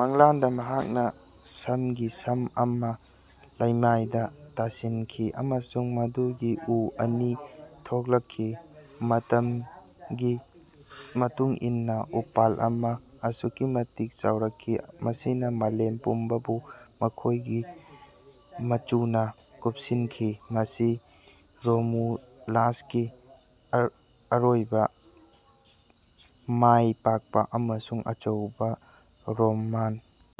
ꯃꯪꯂꯥꯟꯗ ꯃꯍꯥꯛꯅ ꯁꯝꯒꯤ ꯁꯝ ꯑꯃ ꯂꯩꯃꯥꯏꯗ ꯇꯥꯁꯤꯟꯈꯤ ꯑꯃꯁꯨꯡ ꯃꯗꯨꯒꯤ ꯎ ꯑꯅꯤ ꯊꯣꯛꯂꯛꯈꯤ꯫ ꯃꯇꯝꯒꯤ ꯃꯇꯨꯡ ꯏꯟꯅ ꯎꯄꯥꯜ ꯑꯃ ꯑꯁꯨꯛꯀꯤ ꯃꯇꯤꯛ ꯆꯥꯎꯔꯛꯈꯤ ꯃꯁꯤꯅ ꯃꯥꯂꯦꯝ ꯄꯨꯝꯕꯕꯨ ꯃꯈꯣꯏꯒꯤ ꯃꯆꯨꯅ ꯀꯨꯞꯁꯤꯟꯈꯤ ꯃꯁꯤ ꯔꯣꯃꯨꯂꯁꯀꯤ ꯑꯔꯣꯏꯕ ꯃꯥꯏꯄꯥꯛꯄ ꯑꯃꯁꯨꯡ ꯑꯆꯧꯕ ꯔꯣꯃꯥꯟ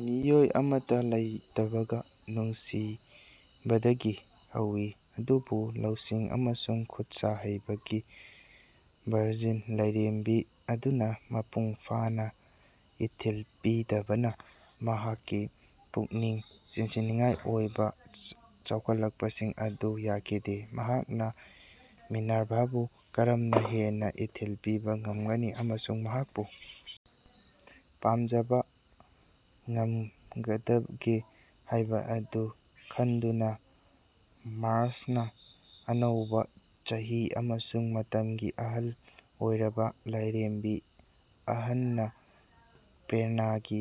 ꯃꯤꯑꯣꯏ ꯑꯃꯠꯇ ꯂꯩꯇꯕꯒ ꯅꯨꯡꯁꯤꯕꯗꯒꯤ ꯍꯧꯏ ꯑꯗꯨꯕꯨ ꯂꯧꯁꯤꯡ ꯑꯃꯁꯨꯡ ꯈꯨꯠꯁꯥ ꯍꯩꯕꯒꯤ ꯚꯔꯖꯤꯟ ꯂꯥꯏꯔꯦꯝꯕꯤ ꯑꯗꯨꯅ ꯃꯄꯨꯡ ꯐꯥꯅ ꯏꯊꯤꯜ ꯄꯤꯗꯕꯅ ꯃꯍꯥꯛꯀꯤ ꯄꯨꯛꯅꯤꯡ ꯆꯤꯡꯁꯤꯟꯅꯤꯡꯉꯥꯏ ꯑꯣꯏꯕ ꯆꯥꯎꯈꯠꯂꯛꯄꯁꯤꯡ ꯑꯗꯨ ꯌꯥꯈꯤꯗꯦ꯫ ꯃꯍꯥꯛꯅ ꯃꯤꯅꯔꯚꯥꯕꯨ ꯀꯔꯝꯅ ꯍꯦꯟꯅ ꯏꯊꯤꯜ ꯄꯤꯕ ꯉꯝꯒꯅꯤ ꯑꯃꯁꯨꯡ ꯃꯍꯥꯛꯄꯨ ꯄꯥꯝꯖꯕ ꯉꯝꯒꯗꯒꯦ ꯍꯥꯏꯕ ꯑꯗꯨ ꯈꯟꯗꯨꯅ ꯃꯥꯔ꯭ꯁꯅ ꯑꯅꯧꯕ ꯆꯍꯤ ꯑꯃꯁꯨꯡ ꯃꯇꯝꯒꯤ ꯑꯍꯜ ꯑꯣꯏꯔꯕ ꯂꯥꯏꯔꯦꯝꯕꯤ ꯑꯍꯟꯅꯥ ꯄꯦꯔꯦꯅꯥꯒꯤ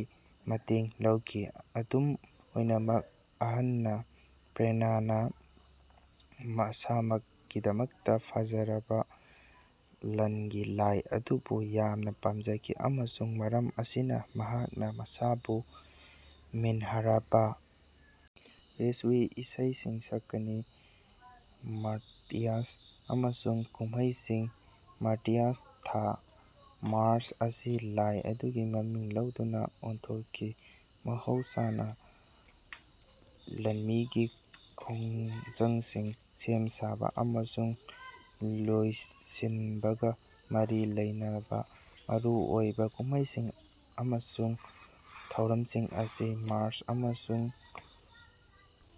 ꯃꯇꯦꯡ ꯂꯧꯈꯤ꯫ ꯑꯗꯨꯝ ꯑꯣꯏꯅꯃꯛ ꯑꯟꯅꯥ ꯄꯦꯔꯦꯅꯥꯅ ꯃꯁꯥꯃꯛꯀꯤꯗꯃꯛꯇ ꯐꯖꯔꯕ ꯂꯥꯟꯒꯤ ꯂꯥꯏ ꯑꯗꯨꯕꯨ ꯌꯥꯝꯅ ꯄꯥꯝꯖꯈꯤ ꯑꯃꯁꯨꯡ ꯃꯔꯝ ꯑꯁꯤꯅ ꯃꯍꯥꯛꯅ ꯃꯁꯥꯕꯨ ꯃꯤꯅꯔꯚꯥ ꯔꯤꯁ꯭ꯀ꯭ꯋꯦ ꯏꯁꯩꯁꯤꯡ ꯁꯛꯀꯅꯤ꯫ ꯃꯥꯔꯇꯤꯌꯥ ꯑꯃꯁꯨꯡ ꯀꯨꯝꯍꯩꯁꯤꯡ ꯃꯥꯔꯇꯤꯌꯥ ꯊꯥ ꯃꯥꯔ꯭ꯆ ꯑꯁꯤ ꯂꯥꯏ ꯑꯗꯨꯒꯤ ꯃꯃꯤꯡ ꯂꯧꯗꯨꯅ ꯊꯣꯟꯈꯤ꯫ ꯃꯍꯧꯁꯥꯅ ꯂꯥꯟꯃꯤꯒꯤ ꯈꯣꯡꯖꯪꯁꯤꯡ ꯁꯦꯝ ꯁꯥꯕ ꯑꯃꯁꯨꯡ ꯂꯣꯏꯁꯤꯟꯕꯒ ꯃꯔꯤ ꯂꯩꯅꯕ ꯃꯔꯨꯑꯣꯏꯕ ꯀꯨꯝꯍꯩꯁꯤꯡ ꯑꯃꯁꯨꯡ ꯊꯧꯔꯝꯁꯤꯡ ꯑꯁꯤ ꯃꯥꯔ꯭ꯆ ꯑꯃꯁꯨꯡ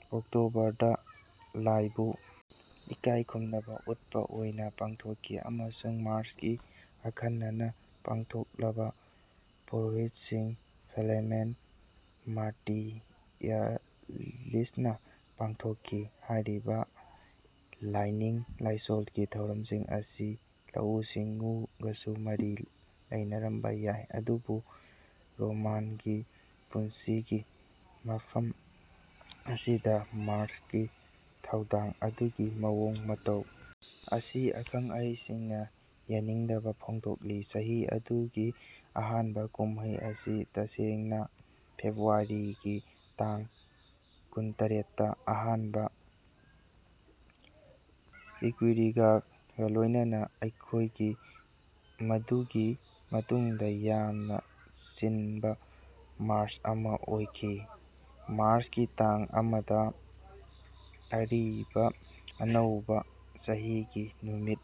ꯑꯣꯛꯇꯣꯕꯔꯗ ꯂꯥꯏꯕꯨ ꯏꯀꯥꯏ ꯈꯨꯝꯅꯕ ꯎꯠꯄ ꯑꯣꯏꯅ ꯄꯥꯡꯊꯣꯛꯈꯤ ꯑꯃꯁꯨꯡ ꯃꯥꯔ꯭ꯁꯀꯤ ꯑꯈꯟꯅꯅ ꯄꯥꯡꯊꯣꯛꯂꯕ ꯄꯨꯔꯣꯍꯤꯠꯁꯤꯡ ꯐ꯭ꯂꯦꯃꯦꯟ ꯃꯥꯔꯇꯤꯌꯥꯂꯤꯁꯅ ꯄꯥꯡꯊꯣꯛꯈꯤ꯫ ꯍꯥꯏꯔꯤꯕ ꯂꯥꯏꯅꯤꯡ ꯂꯥꯏꯁꯣꯜꯒꯤ ꯊꯧꯔꯝꯁꯤꯡ ꯑꯁꯤ ꯂꯧꯎ ꯁꯤꯡꯎꯒꯁꯨ ꯃꯔꯤ ꯂꯩꯅꯔꯝꯕ ꯌꯥꯏ ꯑꯗꯨꯕꯨ ꯔꯣꯃꯥꯟꯒꯤ ꯄꯨꯟꯁꯤꯒꯤ ꯃꯐꯝ ꯑꯁꯤꯗ ꯃꯥꯔ꯭ꯁꯀꯤ ꯊꯧꯗꯥꯡ ꯑꯗꯨꯒꯤ ꯃꯑꯣꯡ ꯃꯇꯧ ꯑꯁꯤ ꯑꯈꯪ ꯑꯍꯩꯁꯤꯡꯅ ꯌꯥꯅꯤꯡꯗꯕ ꯐꯣꯡꯗꯣꯛꯂꯤ꯫ ꯆꯍꯤ ꯑꯗꯨꯒꯤ ꯑꯍꯥꯟꯕ ꯀꯨꯝꯍꯩ ꯑꯁꯤ ꯇꯁꯦꯡꯅ ꯐꯦꯕ꯭ꯔꯨꯋꯥꯔꯤꯒꯤ ꯇꯥꯡ ꯀꯨꯟꯇꯔꯦꯠꯇ ꯑꯍꯥꯟꯕ ꯏꯀ꯭ꯋꯤꯔꯤꯌꯥꯒ ꯂꯣꯏꯅꯅ ꯑꯣꯏꯈꯤ ꯃꯗꯨꯒꯤ ꯃꯇꯨꯡꯗ ꯌꯥꯝꯅ ꯆꯤꯟꯕ ꯃꯥꯔ꯭ꯆ ꯑꯃ ꯑꯣꯏꯈꯤ꯫ ꯃꯥꯔ꯭ꯆꯀꯤ ꯇꯥꯡ ꯑꯃ ꯗ ꯑꯔꯤꯕ ꯑꯅꯧꯕ ꯆꯍꯤꯒꯤ ꯅꯨꯃꯤꯠ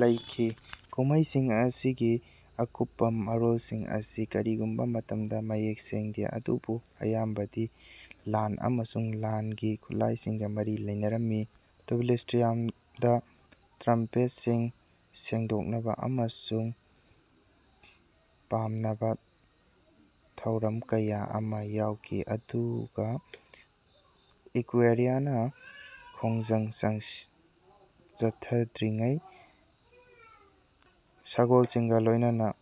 ꯂꯩꯈꯤ꯫ ꯀꯨꯝꯍꯩꯁꯤꯡ ꯑꯁꯤꯒꯤ ꯑꯀꯨꯞꯄ ꯃꯔꯣꯜꯁꯤꯡ ꯑꯁꯤ ꯀꯔꯤꯒꯨꯝꯕ ꯃꯇꯝꯗ ꯃꯌꯦꯛ ꯁꯦꯡꯗꯦ ꯑꯗꯨꯕꯨ ꯑꯌꯥꯝꯕꯗꯤ ꯂꯥꯟ ꯑꯃꯁꯨꯡ ꯂꯥꯟꯒꯤ ꯈꯨꯠꯂꯥꯏꯁꯤꯡꯒ ꯃꯔꯤ ꯂꯩꯅꯔꯝꯃꯤ꯫ ꯇꯨꯕꯤꯂꯁ꯭ꯇ꯭ꯔꯤꯌꯝꯗ ꯇ꯭ꯔꯝꯄꯦꯠꯁꯤꯡ ꯁꯦꯡꯗꯣꯛꯅꯕ ꯑꯃꯁꯨꯡ ꯄꯥꯝꯅꯕ ꯊꯧꯔꯝ ꯀꯌꯥ ꯑꯃ ꯌꯥꯎꯈꯤ ꯑꯗꯨꯒ ꯏꯀ꯭ꯋꯤꯔꯤꯌꯥꯅ ꯈꯣꯡꯖꯪ ꯆꯠꯊꯔꯤꯉꯩꯗ ꯁꯒꯣꯜꯁꯤꯡꯒ ꯂꯣꯏꯅꯅ